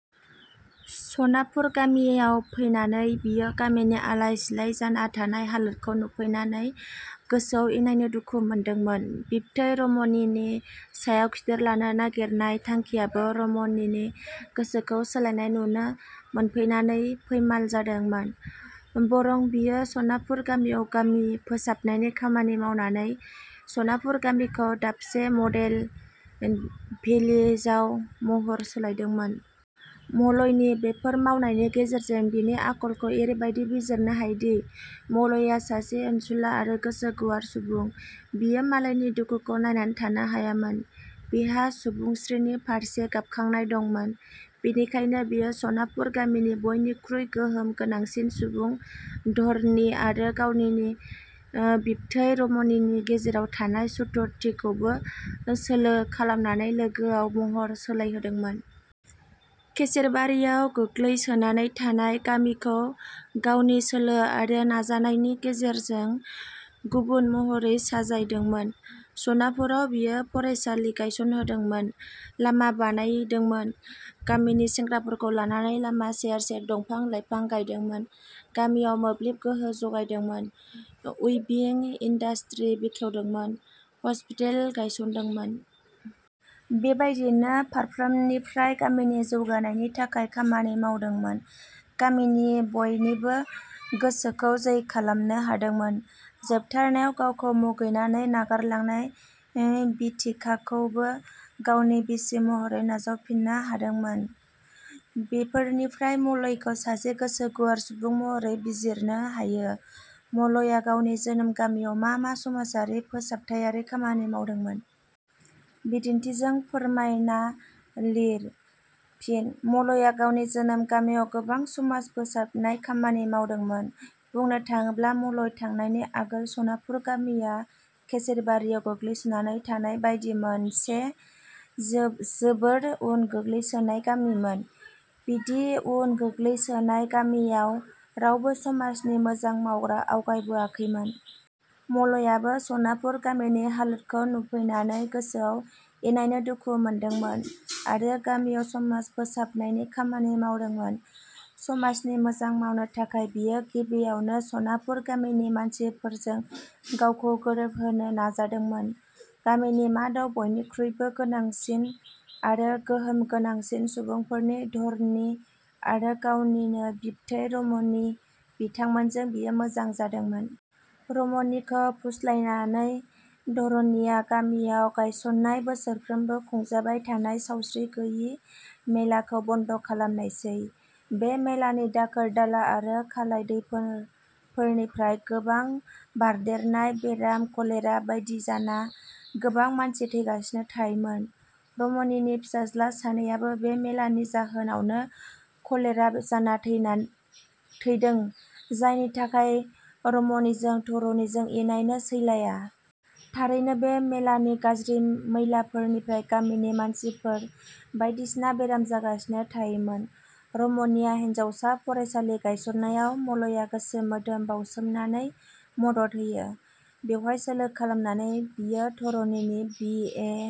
सनापुर गामियाव फैनानै बियो गामिनि आलाय-सिलाय जाना- थानाय हालोदखौ नुफैनानै गोसोआव इनायनो दुखु मोनदोंमोन बिबथै रमनिनि सायाव खिथेर लानो नागिरनाय थांखियाबो रमनिनि गोसोखौ सोलायनाय नुनो मोनफैनानै फैमाल जादोंमोन। बरं बियो सनापुर गामियाव गामि फोसाबनायनि खामानि मावनानै सनापुर गामिखौ दाबसे मडेल भिलेजाव महर सोलायदोंमोन। मलयनि बेफोर मावनायनि गेजेरजों बिनि आखलखौ एरैबादि बिजिरनो हायोदि, मलया सासे अनसुला आरो गोसो गुवार सुबुं। बियो मालायनि दुखुखौ नायनानै थानो हायामोन। बिहा सुबुंस्रिनि फारसे गाबखांनाय दंमोन। बेनिखायनो बियो सनापुर गामिनि बयनिख्रुइ गोहोम गोनांसिन सुबुं धरनि आरो गावनिनो बिबथै रमनिनि गेजेराव थानाय सुथुरथिखौबो सोलो खालामनानै लोगोआव महर सोलायहोदोंमोन। खेसेरबारियाव गोग्लै सोनानै थानाय गामिखौ गावनि सोलो आरो नाजानायनि गेजेरजों गुबुन महरै साजायदोंमोन। सनापुराव बियो फरायसालि गायसनहोदोंमोन, लामा बानायदोंमोन, गामिनि सेंग्राफोरखौ लानानै लामा सेर सेर दंफां-लाइफां गायदोंमोन। गामियाव मोब्लिब गोहो जगायदोंमोन, उइभिं इन्दाष्टि बेखेवदोंमोन, हस्पिताल गायसनहोदोंमोन। बेबादियैनो फारफ्रोमनिफ्राय गामिनि जौगानायनि थाखाय खामानि मावदोंमोन। गामिनि बयनिबो गोसोखौ जै खालामनो हादोंमोन। जोबथारनायाव गावखौ मुगैनानै नागारलांनाय बिथिकाखौबो गावनि बिसि महरै नाजावफिननो हादोंमोन। बेफोरनिफ्राय मलयखौ सासे गोसो गुवार सुबुं महरै बिजरिनो हायो। मलया गावनि जोनोम गामियाव मा मा समाजनि फोसाबथाइयारि खामानि मावदोंमोन? बिदिन्थिजों फोरमायना लिए। फिनः मलया गावनि जोनोम गामियाव गोबां समाज फोसाबनाय खामानि मावदोंमोन। बुंनो थाङोब्ला मलय थांनायनि आगोल सनापुर गामिया खेसरबारियाव गोग्लैसोना थानाय बादि मोनसे जोबोर उन गोग्लैसोनाय गामिमोन। बिदि उन गोग्लैसोनाय गामियाव रावबो समाजनि मोजां मावग्रा आवगायबोआखैमोन। मलयाबो सनापुर गामिनि हालोदखौ नुफैनानै गोसोआव इनायनो दुखु मोनदोंमोन आरो गामियाव समाज फोसाबनायनि खामानि मावदोंमोन। समाजनि मोजां मावनो थाखायनो बियो गिबियावनो सनापुर गामिनि मानसिफोरजों गावखौ गोरोबहोनो नाजादोंमोन। गामिनि मादाव बयनिखुइबो गोनांसिन आरो गोहोम गोनांसिन सुबुंफोर धरनि आरो गावनिनो बिबथै रमनि, बिथांमोनजों बियो मोजां जादोंमोन। रमनिखौ फुस्लायनानै धरनिया गामियाव गायसननाय बोसोरफ्रोमबो खुंजाबाय थानाय सावस्रि गैयि मेलाखौ बन्द खालामनायसै। बे मेलानि दाखोर दाला आरो खालाय दैफोरफोरनिफ्राय गोबां बारदेरनाय बेराम, कलेरा बायदि जाना गोबां मानसि थैगासिनो थायोमोन। रमनिनि फिसाज्ला सानैयाबो बे मेलानि जाहोनावनो कलेरा जाना थैदों जायनि थाखाय रमनिजों धरनिजों इनायनो सैलाया। थारैनो बे मेलानि गाज्रि मैलाफोरनिफ्राय गामिनि मानसिफोर बायदिसिना बेराम जागासिनो थायोमोन। रमनिया हिनजावसा फरायसालि गायसननायाव मलया गोसो मोदोम बावसोमनाने मदद होयो। बेवहाय सोलो खालामनानै बियो धरनिनि बि. ए.